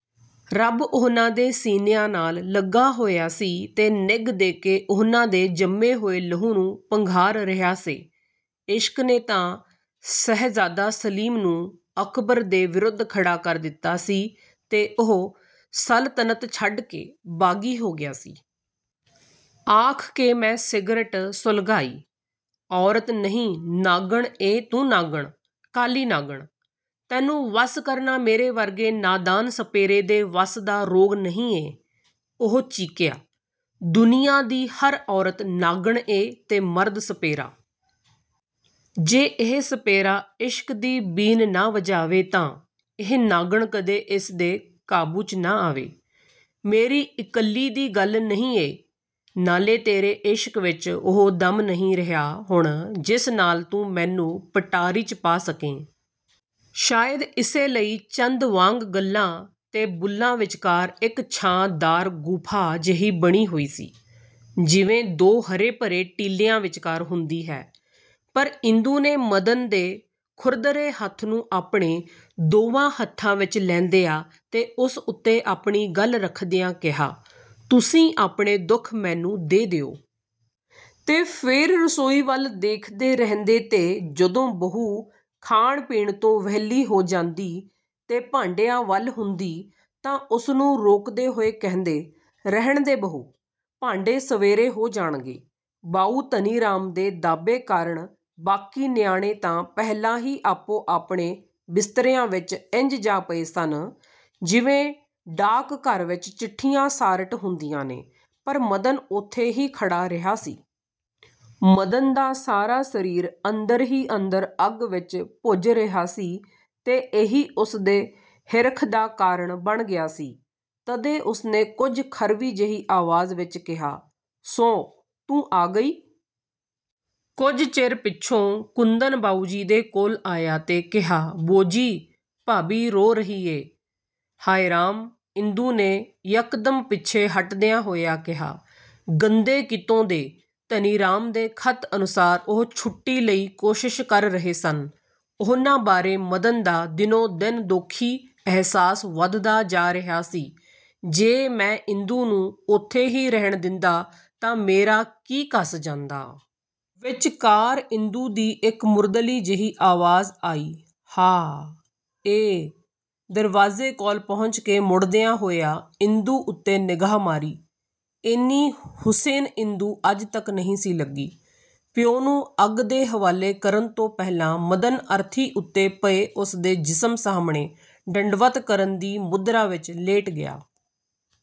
ਰੱਬ ਉਹਨਾਂ ਦੇ ਸੀਨਿਆਂ ਨਾਲ ਲਗਾ ਹੋਇਆ ਸੀ ਤੇ ਨਿੱਘ ਦੇ ਕੇ ਉਹਨਾਂ ਦੇ ਜੰਮੇ ਹੋਏ ਲਹੂ ਨੂੰ ਪੰਘਾਰ ਰਿਹਾ ਸੇ। ਇਸ਼ਕ ਨੇ ਤਾਂ ਸ਼ਹਿਜ਼ਾਦਾ ਸਲੀਮ ਨੂੰ ਅਕਬਰ ਦੇ ਵਿਰੁਧ ਖੜ੍ਹਾ ਕਰ ਦਿੱਤਾ ਸੀ ਤੇ ਉਹ ਸਲਤਨਤ ਛੱਡ ਕੇ ਬਾਗ਼ੀ ਹੋ ਗਿਆ ਸੀ। " ਆਖ ਕੇ ਮੈਂ ਸਿਗਰਟ ਸੁਲਘਾਈ। "ਔਰਤ ਨਹੀਂ ਨਾਗਣ ਏ ਤੂੰ ਨਾਗਣ। ਕਾਲੀ ਨਾਗਣ… ਤੈਨੂੰ ਵੱਸ ਕਰਨਾ ਮੇਰੇ ਵਰਗੇ ਨਾਦਾਨ ਸਪੇਰੇ ਦੇ ਵੱਸ ਦਾ ਰੋਗ ਨਹੀਂ ਏ। " ਉਹ ਚੀਕਿਆ। "ਦੁਨੀਆਂ ਦੀ ਹਰ ਔਰਤ ਨਾਗਣ ਏਂ ਤੇ ਮਰਦ ਸਪੇਰਾ। ਜੇ ਇਹ ਸਪੇਰਾ ਇਸ਼ਕ ਦੀ ਬੀਨ ਨਾ ਵਜਾਵੇ ਤਾਂ ਇਹ ਨਾਗਣ ਕਦੇ ਇਸ ਦੇ ਕਾਬੂ 'ਚ ਨਾ ਆਵੇ… ਮੇਰੀ ਇਕੱਲੀ ਦੀ ਗੱਲ ਨਹੀਂ ਏ। ਨਾਲੇ ਤੇਰੇ ਇਸ਼ਕ ਵਿਚ ਉਹ ਦਮ ਨਹੀਂ ਰਿਹਾ ਹੁਣ ਜਿਸ ਨਾਲ ਤੂੰ ਮੈਨੂੰ ਪਟਾਰੀ 'ਚ ਪਾ ਸਕੇਂ। ਸ਼ਾਇਦ ਇਸੇ ਲਈ ਚੰਦ ਵਾਂਗ ਗੱਲ੍ਹਾਂ ਤੇ ਬੁੱਲ੍ਹਾਂ ਵਿਚਕਾਰ ਇਕ ਛਾਂ–ਦਾਰ ਗੁਫ਼ਾ ਜਿਹੀ ਬਣੀ ਹੋਈ ਸੀ, ਜਿਵੇਂ ਦੋ ਹਰੇ ਭਰੇ ਟੀਲਿਆਂ ਵਿਚਕਾਰ ਹੁੰਦੀ ਹੈ। ' ਪਰ ਇੰਦੂ ਨੇ ਮਦਨ ਦੇ ਖੁਰਦਰੇ ਹੱਥ ਨੂੰ ਆਪਣੇ ਦੋਵਾਂ ਹੱਥਾਂ ਵਿਚ ਲੈਂਦਿਆਂ ਤੇ ਉਸ ਉੱਤੇ ਆਪਣੀ ਗੱਲ੍ਹ ਰੱਖਦਿਆਂ ਕਿਹਾ- "ਤੁਸੀਂ ਆਪਣੇ ਦੁੱਖ ਮੈਨੂੰ ਦੇ ਦਿਓ। " ਤੇ ਫੇਰ ਰਸੋਈ ਵੱਲ ਦੇਖਦੇ ਰਹਿੰਦੇ ਤੇ ਜਦੋਂ ਬਹੂ ਖਾਣ ਪੀਣ ਤੋਂ ਵਿਹਲੀ ਹੋ ਜਾਂਦੀ ਤੇ ਭਾਂਡਿਆਂ ਵੱਲ ਹੁੰਦੀ ਤਾਂ ਉਸਨੂੰ ਰੋਕਦੇ ਹੋਏ ਕਹਿੰਦੇ, "ਰਹਿਣ ਦੇ ਬਹੂ, ਭਾਂਡੇ ਸਵੇਰੇ ਹੋ ਜਾਣਗੇ। ਬਾਊ ਧਨੀਰਾਮ ਦੇ ਦਾਬੇ ਕਾਰਣ ਬਾਕੀ ਨਿਆਣੇ ਤਾਂ ਪਹਿਲਾਂ ਹੀ ਆਪੋ ਆਪਣੇ ਬਿਸਤਰਿਆਂ ਵਿਚ ਇੰਜ ਜਾ ਪਏ ਸਨ, ਜਿਵੇਂ ਡਾਕਘਰ ਵਿਚ ਚਿੱਠੀਆਂ ਸਾਰਟ ਹੁੰਦੀਆਂ ਨੇ, ਪਰ ਮਦਨ ਉੱਥੇ ਹੀ ਖੜ੍ਹਾ ਰਿਹਾ ਸੀ। ਮਦਨ ਦਾ ਸਾਰਾ ਸਰੀਰ ਅੰਦਰ ਹੀ ਅੰਦਰ ਅੱਗ ਵਿਚ ਭੁੱਜ ਰਿਹਾ ਸੀ ਤੇ ਇਹੀ ਉਸਦੇ ਹਿਰਖ ਦਾ ਕਾਰਣ ਬਣ ਗਿਆ ਸੀ, ਤਦੇ ਉਸਨੇ ਕੁਝ ਖਰਵੀ ਜਿਹੀ ਆਵਾਜ਼ ਵਿਚ ਕਿਹਾ- "ਸੋ, ਤੂੰ ਆ ਗਈ! ਕੁਝ ਚਿਰ ਪਿੱਛੋਂ ਕੁੰਦਨ ਬਾਊਜੀ ਦੇ ਕੋਲ ਆਇਆ ਤੇ ਕਿਹਾ-"ਬੋਜੀ, ਭਾਬੀ ਰੋ ਰਹੀ ਏ। " "ਹਾਏ ਰਾਮ" ਇੰਦੂ ਨੇ ਯਕਦਮ ਪਿੱਛੇ ਹਟਦਿਆਂ ਹੋਇਆਂ ਕਿਹਾ, "ਗੰਦੇ ਕਿਤੋਂ ਦੇ! ਧਨੀਰਾਮ ਦੇ ਖ਼ਤ ਅਨੁਸਾਰ ਉਹ ਛੁੱਟੀ ਲਈ ਕੋਸ਼ਿਸ਼ ਕਰ ਰਹੇ ਸਨ… ਉਹਨਾਂ ਬਾਰੇ ਮਦਨ ਦਾ ਦਿਨੋ ਦਿਨ ਦੋਖੀ ਅਹਿਸਾਸ ਵਧਦਾ ਜਾ ਰਿਹਾ ਸੀ-'ਜੇ ਮੈਂ ਇੰਦੂ ਨੂੰ ਉੱਥੇ ਹੀ ਰਹਿਣ ਦਿੰਦਾ ਤਾਂ ਮੇਰਾ ਕੀ ਘਸ ਜਾਂਦਾ? ਵਿਚਕਾਰ ਇੰਦੂ ਦੀ ਇਕ ਮੁਰਦਲੀ ਜਿਹੀ ਆਵਾਜ਼ ਆਈ-"ਹਾ–ਏ… ਦਰਵਾਜ਼ੇ ਕੋਲ ਪਹੁੰਚ ਕੇ ਮੁੜਦਿਆਂ ਹੋਇਆਂ ਇੰਦੂ ਉੱਤੇ ਨਿਗਾਹ ਮਾਰੀ… ਏਨੀ ਹੁਸੀਨ ਇੰਦੂ ਅੱਜ ਤਕ ਨਹੀਂ ਸੀ ਲੱਗੀ! ਪਿਓ ਨੂੰ ਅੱਗ ਦੇ ਹਵਾਲੇ ਕਰਨ ਤੋਂ ਪਹਿਲਾਂ ਮਦਨ ਅਰਥੀ ਉੱਤੇ ਪਏ ਉਸਦੇ ਜਿਸਮ ਸਾਹਮਣੇ ਡੰਡਵਤ ਕਰਨ ਦੀ ਮੁਦਰਾ ਵਿਚ ਲੇਟ ਗਿਆ।